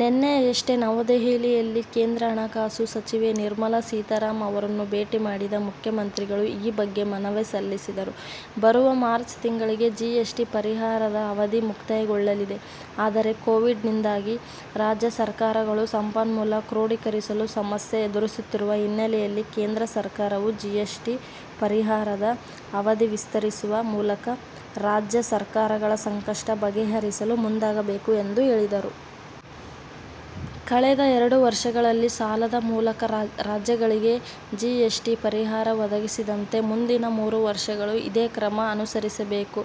ನಿನ್ನೆಯಷ್ಟೇ ನವದೆಹಲಿಯಲ್ಲಿ ಕೇಂದ್ರ ಹಣಕಾಸು ಸಚಿವೆ ನಿರ್ಮಲಾ ಸೀತಾರಾಮನ್ ಅವರನ್ನು ಭೇಟಿ ಮಾಡಿದ ಮುಖ್ಯಮಂತ್ರಿಗಳು ಈ ಬಗ್ಗೆ ಮನವಿ ಸಲ್ಲಿಸಿದರು. ಬರುವ ಮಾರ್ಚ್ ತಿಂಗಳಿಗೆ ಜಿಎಸ್'ಟಿ ಪರಿಹಾರದ ಅವಧಿ ಮುಕ್ತಾಯಗೊಳ್ಳಲಿದೆ. ಆದರೆ, ಕೋವಿಡ್ ನಿಂದಾಗಿ ರಾಜ್ಯ ಸರ್ಕಾರಗಳು ಸಂಪನ್ಮೂಲ ಕ್ರೋಢಿಕರಿಸಲು ಸಮಸ್ಯೆ ಎದುರಿಸುತ್ತಿರುವ ಹಿನ್ನೆಲೆಯಲ್ಲಿ ಕೇಂದ್ರ ಸರ್ಕಾರವು ಜಿಎಸ್'ಟಿ ಪರಿಹಾರದ ಅವಧಿ ವಿಸ್ತರಿಸುವ ಮೂಲಕ ರಾಜ್ಯ ಸರ್ಕಾರಗಳ ಸಂಕಷ್ಟ ಬಗೆಹರಿಸಲು ಮುಂದಾಗಬೇಕು ಎಂದು ಹೇಳಿದರು. ಕಳೆದ ಎರಡು ವರ್ಷಗಳಲ್ಲಿ ಸಾಲದ ಮೂಲಕ ರಾಜ್ಯಗಳಿಗೆ ಜಿಎಸ್'ಟಿ ಪರಿಹಾರ ಒದಗಿಸಿದಂತೆ ಮುಂದಿನ ಮೂರು ವರ್ಷಗಳೂ ಇದೇ ಕ್ರಮ ಅನುಸರಿಸಬೇಕು.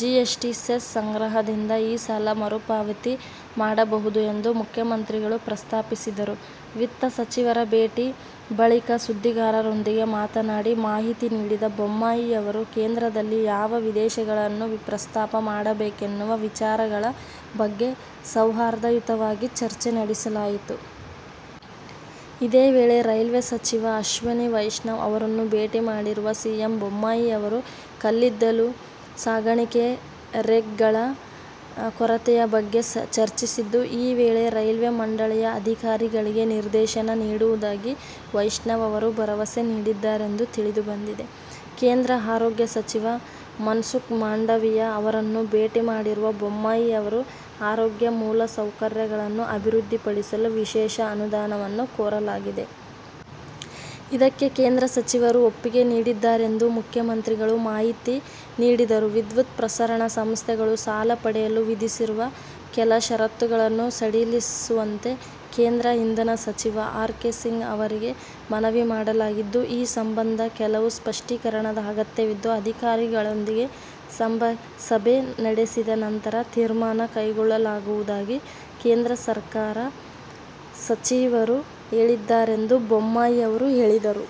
ಜಿಎಸ್'ಟಿ ಸೆಸ್ ಸಂಗ್ರಹದಿಂದ ಈ ಸಾಲ ಮರುಪಾವತಿ ಮಾಡಬಹುದು ಎಂದು ಮುಖ್ಯಮಂತ್ರಿಗಳು ಪ್ರಸ್ತಾಪಿಸಿದರು. ವಿತ್ತ ಸಚಿವರ ಭೇಟಿ ಬಳಿಕ ಸುದ್ದಿಗಾರರೊಂದಿಗೆ ಮಾತನಾಡಿ ಮಾಹಿತಿ ನೀಡಿದ ಬೊಮ್ಮಾಯಿಯವರು, ಕೇಂದ್ರದಲ್ಲಿ ಯಾವ ವಿಷಯಗಳನ್ನು ಪ್ರಸ್ತಾಾಪ ಮಾಡಬೇಕೆನ್ನುವ ವಿಚಾರಗಳ ಬಗ್ಗೆ ಸೌಹಾರ್ದಯುತವಾಗಿ ಚರ್ಚೆ ನಡೆಸಲಾಯಿತು. ಇದೇ ವೇಳೆ ರೈಲ್ವೇ ಸಚಿವ ಅಶ್ವನಿ ವೈಷ್ಣವ್ ಅವರನ್ನೂ ಭೇಟಿ ಮಾಡಿರುವ ಸಿಎಂ ಬೊಮ್ಮಾಯಿಯವರು, ಕಲ್ಲಿದ್ದಲು ಸಾಗಾಣಿಕೆಗೆ ರೇಕ್ಗಳ ಕೊರತೆಯ ಬಗ್ಗೆ ಚರ್ಚಿಸಿದ್ದು, ಈ ವೇಳೆ ರೈಲ್ವೆ ಮಂಡಳಿಯ ಅಧಿಕಾರಿಗಳಿಗೆ ನಿರ್ದೇಶನ ನೀಡುವುದಾಗಿ ವೈಷ್ಣವ್ ಅವರು ಭರವಸೆ ನೀಡಿದ್ದಾರೆಂದು ತಿಳಿದುಬಂದಿದೆ. ಕೇಂದ್ರ ಆರೋಗ್ಯ ಸಚಿವ ಮನ್ಸುಖ್ ಮಾಂಡವಿಯಾ ಅವರನ್ನೂ ಭೇಟಿ ಮಾಡಿರುವ ಬೊಮ್ಮಾಯಿಯವರು, "ಆರೋಗ್ಯ ಮೂಲಸೌಕರ್ಯಗಳನ್ನು ಅಭಿವೃದ್ಧಿಪಡಿಸಲು ವಿಶೇಷ ಅನುದಾನವನ್ನು ಕೋರಲಾಗಿದೆ. ಇದಕ್ಕೆ ಕೇಂದ್ರ ಸಚಿವರು ಒಪ್ಪಿಗೆ ನೀಡಿದ್ದಾರೆಂದು ಮುಖ್ಯಮಂತ್ರಿಗಳು ಮಾಹಿತಿ ನೀಡಿದರು. ವಿದ್ಯುತ್ ಪ್ರಸರಣಾ ಸಂಸ್ಥೆಗಳು ಸಾಲ ಪಡೆಯಲು ವಿಧಿಸಿರುವ ಕೆಲ ಷರತ್ತುಗಳನ್ನು ಸಡಿಲಿಸುವಂತೆ ಕೇಂದ್ರ ಇಂಧನ ಸಚಿವ ಆರ್. ಕೆ. ಸಿಂಗ್ ಅವರಿಗೆ ಮನವಿ ಮಾಡಲಾಗಿದ್ದು, ಈ ಸಂಬಂಧ ಕೆಲವು ಸ್ಪಷ್ಟೀಕರಣದ ಅಗತ್ಯವಿದ್ದು, ಅಧಿಕಾರಿಗಳೊಂದಿಗೆ ಸಭೆ ನಡೆಸಿದ ನಂತರ ತೀರ್ಮಾನ ಕೈಗೊಳ್ಳಲಾಗುವುದಾಗಿ ಕೇಂದ್ರ ಸಚಿವರು ಹೇಳಿದ್ದಾರೆಂದು ಬೊಮ್ಮಾಯಿಯವರು ಹೇಳಿದರು.